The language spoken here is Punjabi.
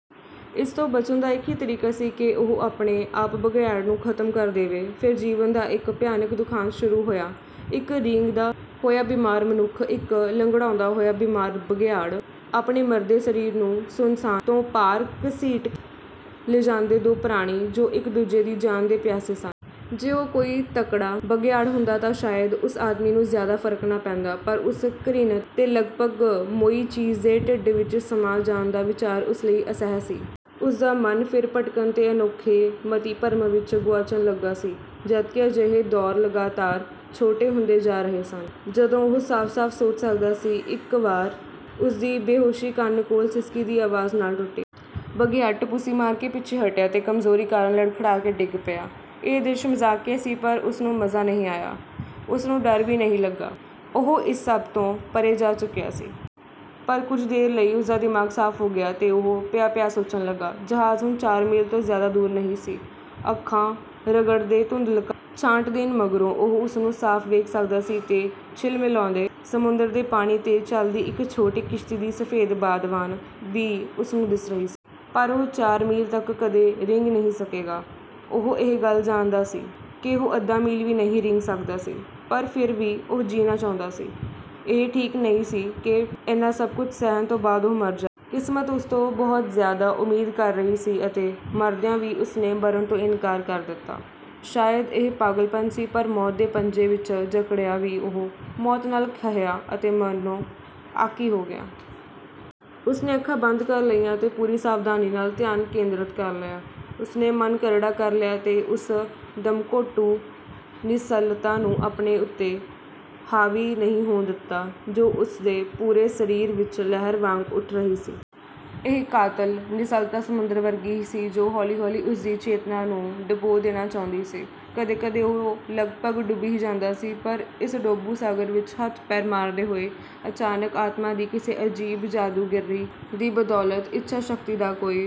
ਇਸ ਤੋਂ ਬਚਣ ਦਾ ਇੱਕ ਹੀ ਤਰੀਕਾ ਸੀ ਕਿ ਉਹ ਆਪਣੇ ਆਪ ਬਘਿਆੜ ਨੂੰ ਖਤਮ ਕਰ ਦੇਵੇ। ਫਿਰ ਜੀਵਨ ਦਾ ਇੱਕ ਭਿਆਨਕ ਦੁਖਾਂਤ ਸ਼ੁਰੂ ਹੋਇਆ – ਇੱਕ ਰੀਂਗਦਾ ਹੋਇਆ ਬਿਮਾਰ ਮਨੁੱਖ, ਇੱਕ ਲੰਗੜਾਉਂਦਾ ਹੋਇਆ ਬਿਮਾਰ ਬਘਿਆੜ, ਆਪਣੇ ਮਰਦੇ ਸਰੀਰ ਨੂੰ ਸੁੰਨ੍ਹਸਾਨ ਤੋਂ ਪਾਰ ਘਸੀੜ ਕੇ ਲਿਜਾਂਦੇ ਦੋ ਪ੍ਰਾਣੀ, ਜੋ ਇੱਕ-ਦੂਜੇ ਦੀ ਜਾਨ ਦੇ ਪਿਆਸੇ ਸਨ। ਜੇ ਉਹ ਕੋਈ ਤਕੜਾ ਬਘਿਆੜ ਹੁੰਦਾ ਤਾਂ ਸ਼ਾਇਦ ਉਸ ਆਦਮੀ ਨੂੰ ਜ਼ਿਆਦਾ ਫਰਕ ਨਾ ਪੈਂਦਾ, ਪਰ ਉਸ ਘ੍ਰਿਣਤ ਤੇ ਲਗਭਗ ਮੋਈ ਚੀਜ਼ ਦੇ ਢਿੱਡ ਵਿੱਚ ਸਮਾ ਜਾਣ ਦਾ ਵਿਚਾਰ ਉਸ ਲਈ ਅਸਹਿ ਸੀ। ਉਸਦਾ ਮਨ ਫਿਰ ਭਟਕਣ ਤੇ ਅਨੋਖੇ ਮਤੀਭਰਮ ਵਿੱਚ ਗੁਆਚਣ ਲੱਗਾ ਸੀ, ਜਦਕਿ ਅਜਿਹੇ ਦੌਰ ਲਗਾਤਾਰ ਛੋਟੇ ਹੁੰਦੇ ਜਾ ਰਹੇ ਸਨ, ਜਦੋਂ ਉਹ ਸਾਫ਼-ਸਾਫ਼ ਸੋਚ ਸਕਦਾ ਸੀ। ਇੱਕ ਵਾਰ ਉਸਦੀ ਬੇਹੋਸ਼ੀ ਕੰਨ ਕੋਲ ਸਿਸਕੀ ਦੀ ਅਵਾਜ਼ ਨਾਲ਼ ਟੁੱਟੀ। ਬਘਿਆੜ ਟਪੂਸੀ ਮਾਰ ਕੇ ਪਿੱਛੇ ਹਟਿਆ ਤੇ ਕਮਜ਼ੋਰੀ ਕਾਰਨ ਲੜਖੜਾਕੇ ਡਿੱਗ ਪਿਆ। ਇਹ ਦ੍ਰਿਸ਼ ਮਜ਼ਾਕੀਆ ਸੀ, ਪਰ ਉਸਨੂੰ ਮਜ਼ਾ ਨਹੀਂ ਆਇਆ। ਉਸਨੂੰ ਡਰ ਵੀ ਨਹੀਂ ਲੱਗਾ। ਉਹ ਇਸ ਸਭ ਤੋਂ ਪਰ੍ਹੇ ਜਾ ਚੁੱਕਿਆ ਸੀ। ਪਰ ਕੁੱਝ ਦੇਰ ਲਈ ਉਸਦਾ ਦਿਮਾਗ਼ ਸਾਫ਼ ਹੋ ਗਿਆ ਤੇ ਉਹ ਪਿਆ-ਪਿਆ ਸੋਚਣ ਲੱਗਾ। ਜਹਾਜ਼ ਹੁਣ ਚਾਰ ਮੀਲ ਤੋਂ ਜ਼ਿਆਦਾ ਦੂਰ ਨਹੀਂ ਸੀ। ਅੱਖਾਂ ਰਗੜਕੇ ਧੁੰਦਲ਼ਕਾ ਛਾਂਟ ਦੇਣ ਮਗਰੋਂ ਉਹ ਉਸਨੂੰ ਸਾਫ਼ ਵੇਖ ਸਕਦਾ ਸੀ ਤੇ ਝਿਲਮਿਲਾਉਂਦੇ ਸਮੁੰਦਰ ਦੇ ਪਾਣੀ 'ਤੇ ਚੱਲਦੀ ਇੱਕ ਛੋਟੀ ਕਿਸ਼ਤੀ ਦੀ ਸਫੇਦ ਬਾਦਵਾਨ ਵੀ ਉਸਨੂੰ ਦਿਸ ਰਹੀ ਸੀ। ਪਰ ਉਹ ਚਾਰ ਮੀਲ ਤੱਕ ਕਦੇ ਰੀਂਗ ਨਹੀਂ ਸਕੇਗਾ। ਉਹ ਇਹ ਗੱਲ ਜਾਣਦਾ ਸੀ ਕਿ ਉਹ ਅੱਧਾ ਮੀਲ ਵੀ ਨਹੀਂ ਰੀਂਗ ਸਕਦਾ ਸੀ। ਪਰ ਫਿਰ ਵੀ ਉਹ ਜੀਣਾ ਚਾਹੁੰਦਾ ਸੀ। ਇਹ ਠੀਕ ਨਹੀਂ ਸੀ ਕਿ ਇੰਨਾ ਸਭ ਕੁੱਝ ਸਹਿਣ ਤੋਂ ਬਾਅਦ ਉਹ ਮਰ ਜਾਵੇ। ਕਿਸਮਤ ਉਸਤੋਂ ਬਹੁਤ ਜ਼ਿਆਦਾ ਉਮੀਦ ਕਰ ਰਹੀ ਸੀ ਅਤੇ ਮਰਦਿਆਂ ਵੀ ਉਸਨੇ ਮਰਨ ਤੋਂ ਇਨਕਾਰ ਕਰ ਦਿੱਤਾ। ਸ਼ਾਇਦ ਇਹ ਪਾਗਲਪਣ ਸੀ, ਪਰ ਮੌਤ ਦੇ ਪੰਜੇ ਵਿੱਚ ਜਕੜਿਆਂ ਵੀ ਉਹ ਮੌਤ ਨਾਲ਼ ਖਹਿਆ ਅਤੇ ਮਰਨੋਂ ਆਕੀ ਹੋ ਗਿਆ। ਉਸਨੇ ਅੱਖਾਂ ਬੰਦ ਕਰ ਲਈਆਂ ਅਤੇ ਪੂਰੀ ਸਾਵਧਾਨੀ ਨਾਲ਼ ਧਿਆਨ ਕੇਂਦਰਤ ਕਰ ਲਿਆ। ਉਸਨੇ ਮਨ ਕਰੜਾ ਕਰ ਲਿਆ ਤੇ ਉਸ ਦਮਘੋਟੂ ਨਿੱਸਲ਼ਤਾ ਨੂੰ ਆਪਣੇ ਉੱਤੇ ਹਾਵੀ ਨਹੀਂ ਹੋਣ ਦਿੱਤਾ, ਜੋ ਉਸਦੇ ਪੂਰੇ ਸਰੀਰ ਵਿੱਚ ਲਹਿਰ ਵਾਂਗ ਉੱਠ ਰਹੀ ਸੀ। ਇਹ ਕਾਤਲ ਨਿੱਸਲ਼ਤਾ ਸਮੁੰਦਰ ਵਰਗੀ ਹੀ ਸੀ, ਜੋ ਹੌਲੀ-ਹੌਲੀ ਉਸਦੀ ਚੇਤਨਾ ਨੂੰ ਡੁਬੋ ਦੇਣਾ ਚਾਹੁੰਦੀ ਸੀ। ਕਦੇ-ਕਦੇ ਉਹ ਲਗਭਗ ਡੁੱਬ ਹੀ ਜਾਂਦਾ ਸੀ; ਪਰ ਇਸ ਡੋਬੂ ਸਾਗਰ ਵਿੱਚ ਹੱਥ-ਪੈਰ ਮਾਰਦੇ ਹੋਏ ਅਚਾਨਕ ਆਤਮਾ ਦੀ ਕਿਸੇ ਅਜੀਬ ਜਾਦੂਗਿਰੀ ਦੀ ਬਦੌਲਤ ਇੱਛਾ-ਸ਼ਕਤੀ ਦਾ ਕੋਈ...